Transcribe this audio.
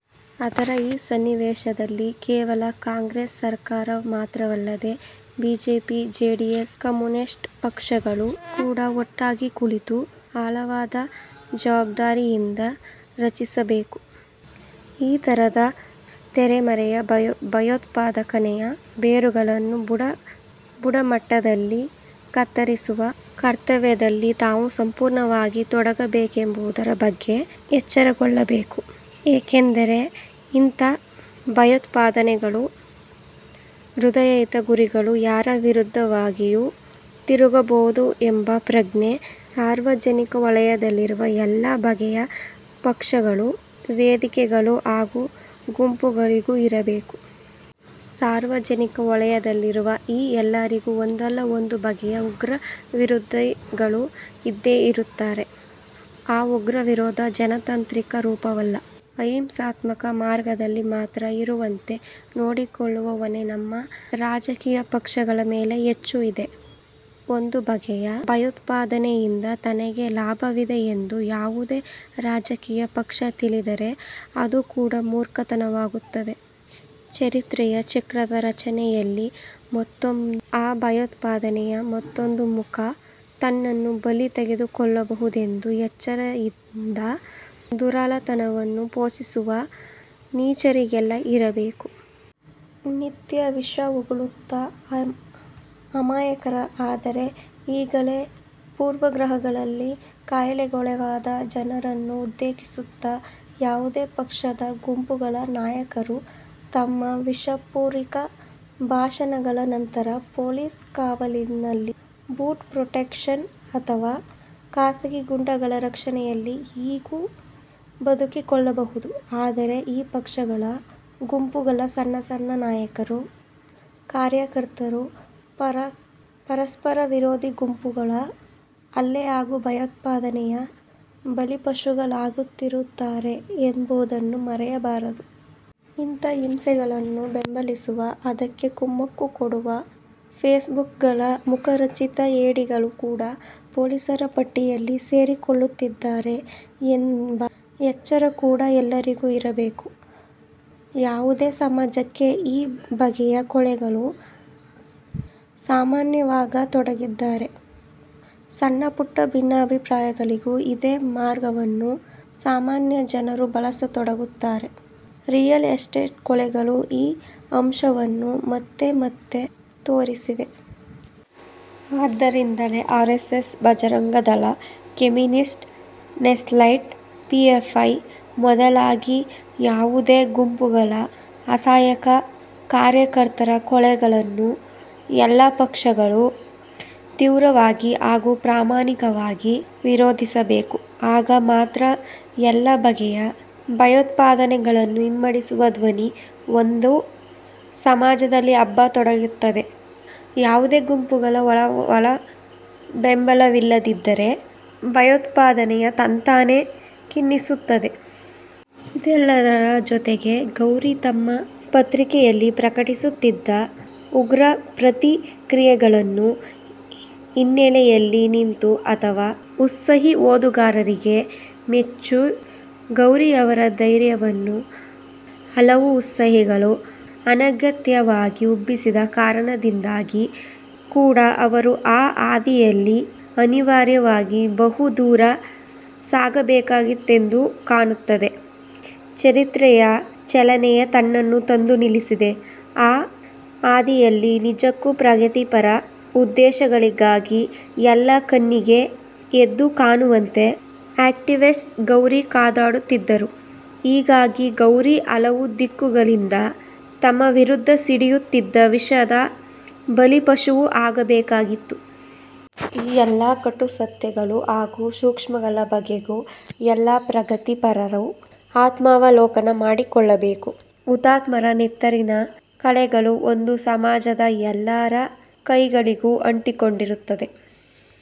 ಆದರೆ ಈ ಸನ್ನಿವೇಶದಲ್ಲಿ ಕೇವಲ ಕಾಂಗ್ರೆಸ್ ಸರಕಾರ ಮಾತ್ರವಲ್ಲ, ಬಿಜೆಪಿ, ಜೆಡಿಎಸ್, ಕಮ್ಯುನಿಸ್ಟ್ ಪಕ್ಷಗಳು ಕೂಡ ಒಟ್ಟಾಗಿ ಕೂತು ಆಳವಾದ ಜವಾಬ್ದಾರಿಯಿಂದ ಯೋಚಿಸಬೇಕು; ಈ ಥರದ ತೆರೆಮರೆಯ ಭಯೋತ್ಪಾದನೆಯ ಬೇರುಗಳನ್ನು ಬುಡಮಟ್ಟದಲ್ಲಿ ಕತ್ತರಿಸುವ ಕರ್ತವ್ಯದಲ್ಲಿ ತಾವೂ ಸಂಪೂರ್ಣವಾಗಿ ತೊಡಗಬೇಕೆಂಬುದರ ಬಗ್ಗೆ ಎಚ್ಚರಗೊಳ್ಳಬೇಕು. ಯಾಕೆಂದರೆ, ಇಂಥ ಭಯೋತ್ಪಾದನೆಗಳ ಹೃದಯಹೀನ ಗುರಿಗಳು ಯಾರ ವಿರುದ್ಧವಾದರೂ ತಿರುಗಬಹುದೆಂಬ ಪ್ರಜ್ಞೆ ಸಾರ್ವಜನಿಕ ವಲಯದಲ್ಲಿರುವ ಎಲ್ಲ ಬಗೆಯ ಪಕ್ಷಗಳು, ವೇದಿಕೆಗಳು ಹಾಗೂ ಗುಂಪುಗಳಿಗೂ ಇರಬೇಕು. ಸಾರ್ವಜನಿಕ ವಲಯದಲ್ಲಿರುವ ಈ ಎಲ್ಲರಿಗೂ ಒಂದಲ್ಲ ಒಂದು ಬಗೆಯ ಉಗ್ರ ವಿರೋಧಿಗಳು ಇದ್ದೇ ಇರುತ್ತಾರೆ. ಆ ಉಗ್ರ ವಿರೋಧ ಜನತಾಂತ್ರಿಕ ರೂಪದಲ್ಲಿ, ಅಹಿಂಸಾತ್ಮಕ ಮಾರ್ಗದಲ್ಲಿ ಮಾತ್ರ ಇರುವಂತೆ ನೋಡಿಕೊಳ್ಳುವ ಹೊಣೆ ನಮ್ಮ ರಾಜಕೀಯ ಪಕ್ಷಗಳ ಮೇಲೆ ಹೆಚ್ಚು ಇದೆ. ಒಂದು ಬಗೆಯ ಭಯೋತ್ಪಾದನೆಯಿಂದ ತನಗೆ ಲಾಭವಿದೆಯೆಂದು ಯಾವುದೇ ರಾಜಕೀಯ ಪಕ್ಷ ತಿಳಿದರೆ ಅದು ಕಡು ಮೂರ್ಖತನವಾಗುತ್ತದೆ; ಚರಿತ್ರೆಯ ಚಕ್ರದ ಚಲನೆಯಲ್ಲಿ ಮುಂದೊಮ್ಮೆ ಆ ಭಯೋತ್ಪಾದನೆಯ ಮತ್ತೊಂದು ಮುಖ ತನ್ನನ್ನೂ ಬಲಿ ತೆಗೆದುಕೊಳ್ಳಬಹುದೆಂಬ ಎಚ್ಚರ ಇಂಥ ದುರುಳತನವನ್ನು ಪೋಷಿಸುವ ನೀಚರಿಗೆಲ್ಲ ಇರಬೇಕು. ನಿತ್ಯ ವಿಷ ಉಗುಳುತ್ತಾ ಅಮಾಯಕರಾದ, ಆದರೆ ಈಗಾಗಲೇ ಪೂರ್ವಗ್ರಹಗಳಿಂದ ಕಾಯಿಲೆಗೊಳಗಾದ, ಜನರನ್ನು ಉದ್ರೇಕಿಸುವ ಯಾವುದೇ ಪಕ್ಷದ, ಗುಂಪುಗಳ ನಾಯಕರು ತಮ್ಮ ವಿಷಪೂರಿತ ಭಾಷಣಗಳ ನಂತರ ಪೊಲೀಸ್ ಕಾವಲಿನಲ್ಲಿ, ಝಡ್ ಪ್ರೊಟೆಕ್ಷನ್ನಲ್ಲಿ ಅಥವಾ ಖಾಸಗಿ ಗೂಂಡಾಗಳ ರಕ್ಷಣೆಯಲ್ಲಿ ಹೇಗೋ ಬದುಕಿಕೊಳ್ಳಬಹುದು; ಆದರೆ ಈ ಪಕ್ಷಗಳ, ಗುಂಪುಗಳ ಸಣ್ಣ ಸಣ್ಣ ನಾಯಕರು, ಕಾರ್ಯಕರ್ತರು ಪರಸ್ಪರ ವಿರೋಧಿ ಗುಂಪುಗಳ ಹಲ್ಲೆ ಹಾಗೂ ಭಯೋತ್ಪಾದನೆಯ ಬಲಿಪಶುಗಳಾಗುತ್ತಿರುತ್ತಾರೆ ಎಂಬುದನ್ನು ಮರೆಯಬಾರದು. ಇಂಥ ಹಿಂಸೆಗಳನ್ನು ಬೆಂಬಲಿಸುವ, ಅವಕ್ಕೆ ಕುಮ್ಮಕ್ಕು ಕೊಡುವ ಫೇಸ್ಬುಕ್ಗಳ ಮುಖರಹಿತ ಹೇಡಿಗಳು ಕೂಡ ಪೊಲೀಸರ ಪಟ್ಟಿಯಲ್ಲಿ ಸೇರಿಕೊಳ್ಳುತ್ತಿರುತ್ತಾರೆ ಎಂಬ ಎಚ್ಚರ ಕೂಡ ಎಲ್ಲರಿಗೂ ಇರಬೇಕು. ಯಾವುದೇ ಸಮಾಜಕ್ಕೆ ಈ ಬಗೆಯ ಕೊಲೆಗಳು ಸಾಮಾನ್ಯವಾಗತೊಡಗಿದರೆ, ಸಣ್ಣಪುಟ್ಟ ಭಿನ್ನಾಭಿಪ್ರಾಯಗಳಿಗೂ ಇದೇ ಮಾರ್ಗವನ್ನು ಸಾಮಾನ್ಯ ಜನರೂ ಬಳಸತೊಡಗುತ್ತಾರೆ. ರಿಯಲ್ ಎಸ್ಟೇಟ್ ಕೊಲೆಗಳು ಈ ಅಂಶವನ್ನು ಮತ್ತೆ ಮತ್ತೆ ತೋರಿಸಿವೆ. ಆದ್ದರಿಂದಲೇ RSS, Bajrang Dal, communist, Naxalite, PFI ಮೊದಲಾಗಿ ಯಾವುದೇ ಗುಂಪುಗಳ ಅಸಹಾಯಕ ಕಾರ್ಯಕರ್ತರ ಕೊಲೆಗಳನ್ನು ಎಲ್ಲ ಪಕ್ಷಗಳೂ ತೀವ್ರವಾಗಿ ಹಾಗೂ ಪ್ರಾಮಾಣಿಕವಾಗಿ ವಿರೋಧಿಸಬೇಕು. ಆಗ ಮಾತ್ರ ಎಲ್ಲ ಬಗೆಯ ಭಯೋತ್ಪಾದನೆಗಳನ್ನು ಹಿಮ್ಮೆಟ್ಟಿಸುವ ಧ್ವನಿ ಒಂದು ಸಮಾಜದಲ್ಲಿ ಹಬ್ಬತೊಡಗುತ್ತದೆ; ಯಾವುದೇ ಗುಂಪುಗಳ ಒಳಬೆಂಬಲವಿಲ್ಲದಿದ್ದರೆ ಭಯೋತ್ಪಾದನೆ ತಂತಾನೇ ಕ್ಷೀಣಿಸುತ್ತದೆ. ಇದೆಲ್ಲದರ ಜೊತೆಗೇ, ಗೌರಿ ತಮ್ಮ ಪತ್ರಿಕೆಯಲ್ಲಿ ಪ್ರಕಟಿಸುತ್ತಿದ್ದ ಉಗ್ರ ಪ್ರತಿಕ್ರಿಯೆಗಳನ್ನು ಹಿನ್ನೆಲೆಯಲ್ಲಿ ನಿಂತೋ ಅಥವಾ ಉತ್ಸಾಹಿ ಓದುಗರಾಗಿಯೋ ಮೆಚ್ಚಿ, ಗೌರಿಯವರ 'ಧೈರ್ಯ'ವನ್ನು ಹಲವು 'ಉತ್ಸಾಹಿಗಳು' ಅನಗತ್ಯವಾಗಿ ಉಬ್ಬಿಸಿದ ಕಾರಣದಿಂದಾಗಿ ಕೂಡ ಅವರು ಆ ಹಾದಿಯಲ್ಲಿ ಅನಿವಾರ್ಯವಾಗಿ ಬಹು ದೂರ ಸಾಗಬೇಕಾಯಿತೆಂದು ಕಾಣುತ್ತದೆ; ಚರಿತ್ರೆಯ ಚಲನೆಯೇ ತನ್ನನ್ನು ತಂದು ನಿಲ್ಲಿಸಿದ ಆ ಹಾದಿಯಲ್ಲಿ ನಿಜಕ್ಕೂ ಪ್ರಗತಿಪರ ಉದ್ದೇಶಗಳಿಗಾಗಿ, ಎಲ್ಲರ ಕಣ್ಣಿಗೆ ಎದ್ದು ಕಾಣುವಂತೆ ಆ್ಯಕ್ಟಿವಿಸ್ಟ್ ಗೌರಿ ಕಾದಾಡುತ್ತಿದ್ದರು; ಹೀಗಾಗಿ ಗೌರಿ ಹಲವು ದಿಕ್ಕುಗಳಿಂದ ತಮ್ಮ ವಿರುದ್ಧ ಸಿಡಿಯುತ್ತಿದ್ದ ವಿಷದ ಬಲಿಪಶುವೂ ಆಗಬೇಕಾಯಿತು. ಈ ಎಲ್ಲ ಕಟು ಸತ್ಯಗಳು ಹಾಗೂ ಸೂಕ್ಷ್ಮಗಳ ಬಗೆಗೂ ಎಲ್ಲ ಪ್ರಗತಿಪರರೂ ಆತ್ಮಾವಲೋಕನ ಮಾಡಿಕೊಳ್ಳಬೇಕು. ಹುತಾತ್ಮರ ನೆತ್ತರಿನ ಕಲೆಗಳು ಒಂದು ಸಮಾಜದ ಎಲ್ಲರ ಕೈಗಳಿಗೂ ಅಂಟಿಕೊಂಡಿರುತ್ತವೆ.